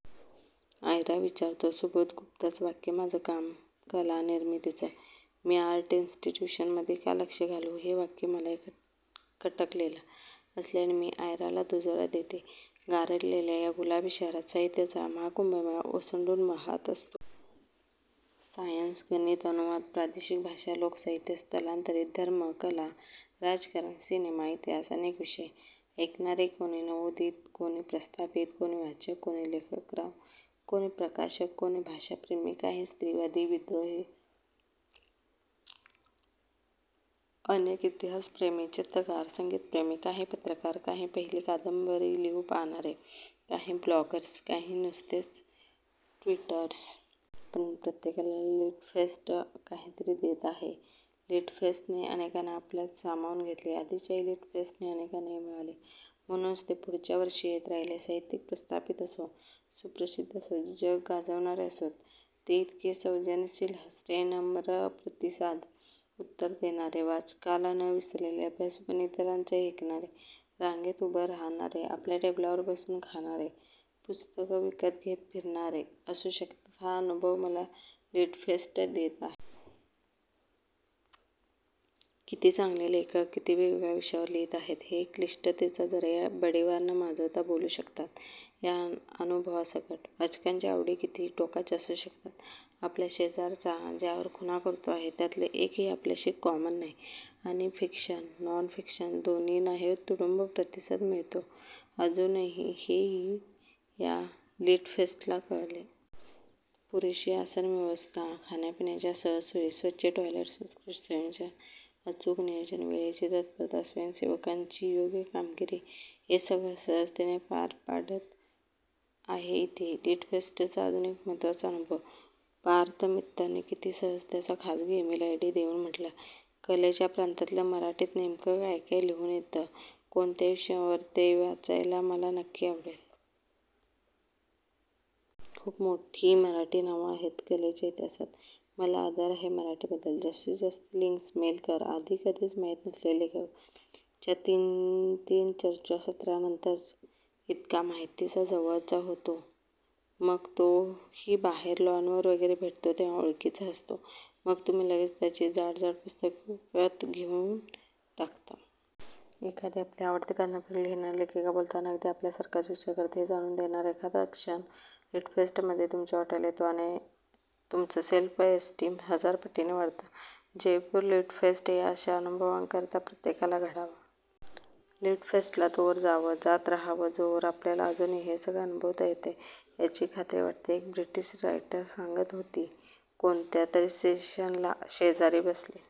आयरा विचारतो. सुबोध गुप्ताचं वाक्य माझं काम कला निर्मितीचं, मी आर्ट इन्स्टीट्यूशन मधे का लक्ष घालवू हे वाक्य मलाही खटकलेलं असल्याने मी आयराला दुजोरा देते. गारठलेल्या या गुलाबी शहरात साहित्याचा हा महाकुंभमेळा ओसंडून वहात असतो. सायन्स, गणित, अनुवाद, प्रादेषिक भाषा, लोकसाहित्य, स्थलांतरित, धर्म, कला, राजकारण, सिनेमा, इतिहास अनेक विषय. ऐकणारे कोणी नवोदित, कोणी प्रस्थापित, कोणी वाचक, कोणी लेखकराव, कोणी प्रकाशक, कोणी भाषाप्रेमी, काही स्त्री-वादी, विद्रोही, अनेक इतिहासप्रेमी. चित्रकार, संगीतप्रेमी, काही पत्रकार, काही पहिली कादंबरी लिहू पहाणारे, काही ब्लॉगर्स, काही नुसतेच ट्वीटर्स. पण प्रत्येकाला लिटफ़ेस्ट काहीतरी देतं आहे. लिटफ़ेस्टने अनेकांना आपल्यात सामावून घेतले. आधीच्याही लिटफ़ेस्टने अनेकांना हे मिळाले म्हणूनच ते पुढच्या वर्षीही येत राहीले. साहित्यिक प्रस्थापित असो, सुप्रसिद्ध असो, जग गाजवणारे असोत.. ते इतके सौजन्यशील, हसरे, नम्र प्रतिसाद, उत्तरे देणारे, वाचकाला न विसरलेले, अभ्यासूपणे इतरांचंही ऐकणारे, रांगेत उभं रहाणारे, आपल्या टेबलावर बसून खाणारे, पुस्तकं विकत घेत फ़िरणारे असू शकतात हा अनुभव मला लिटफ़ेस्ट देत आहे. किती चांगले लेखक, किती वेगवेगळ्या विषयांवर लिहित आहेत, ते क्लिष्टतेचा जराही बडिवार न माजवता बोलू शकतात, या अनुभवासकट. वाचकांच्या आवडी किती टोकाच्या असू शकतात. आपल्या शेजारचा ज्यावर खूणा करतो आहे त्यातलं एकही आपल्याशी कॉमन नाही, आणि फ़िक्शन, नॉन फ़िक्शन दोन्हीनाही तुडुंब प्रतिसाद मिळतो अजूनही हेही या लिटफ़ेस्टला कळले. पुरेशी आसन व्यवस्था, खाण्या-पिण्याच्या सहज सोयी, स्वच्छ टॉयलेट्स, उत्कृष्ट संयोजन, अचूक नियोजन, वेळेची तत्परता, स्वयंसेवकांची योग्य कामगिरी हे सगळं सहजतेनं पार पडत आहे इथे. लिटफ़ेस्टचा अजून एक महत्वाचा अनुभव. पार्थ मित्तरने किती सहज त्याचा खाजगी इमेल आयडी देऊन म्हटलं, कलेच्या प्रांतातलं मराठीत नेमकं काय काय लिहून येतं, कोणत्या विषयांवर ते वाचायला मला नक्की आवडेल. खूप मोठी मराठी नावं आहेत कलेच्या इतिहासात. मला आदर आहे मराठीबद्दल. जास्तीतजास्त लिंक्स मेल कर. आधी कधीच माहीत नसलेले लेखक, आता त्यांच्या तीन-तीन चर्चासत्रांनंतर इतका माहितीचा, जवळचा होतो, मग तोही बाहेर लॉनवर वगैरे भेटतो तेव्हा ओळखीचं हसतो, मग तुम्ही लगेच त्याची जाडजाड पुस्तकं विकत घेऊन टाकता. एखादी आपली आवडती कादंबरी लिहिणारी लेखिका बोलताना अगदी आपल्यासारखाच विचार करते हे जाणवून देणारा एखादाच क्षण लिटफ़ेस्टमधे तुमच्या वाट्याला येतो आणि तुमचं सेल्फ़ एस्टीम हजार पटींने वाढतं. जयपूर लिटफ़ेस्ट या अशा अनुभवांकरता प्रत्येकाला घडावा. लिटफ़ेस्टला तोवर जावं, जात रहावं जोवर आपल्याला अजूनही हे सगळं अनुभवता येतय याची खात्री वाटते. एक ब्रिटिश रायटर सांगत होती कोणत्यातरी सेशनला शेजारी बसली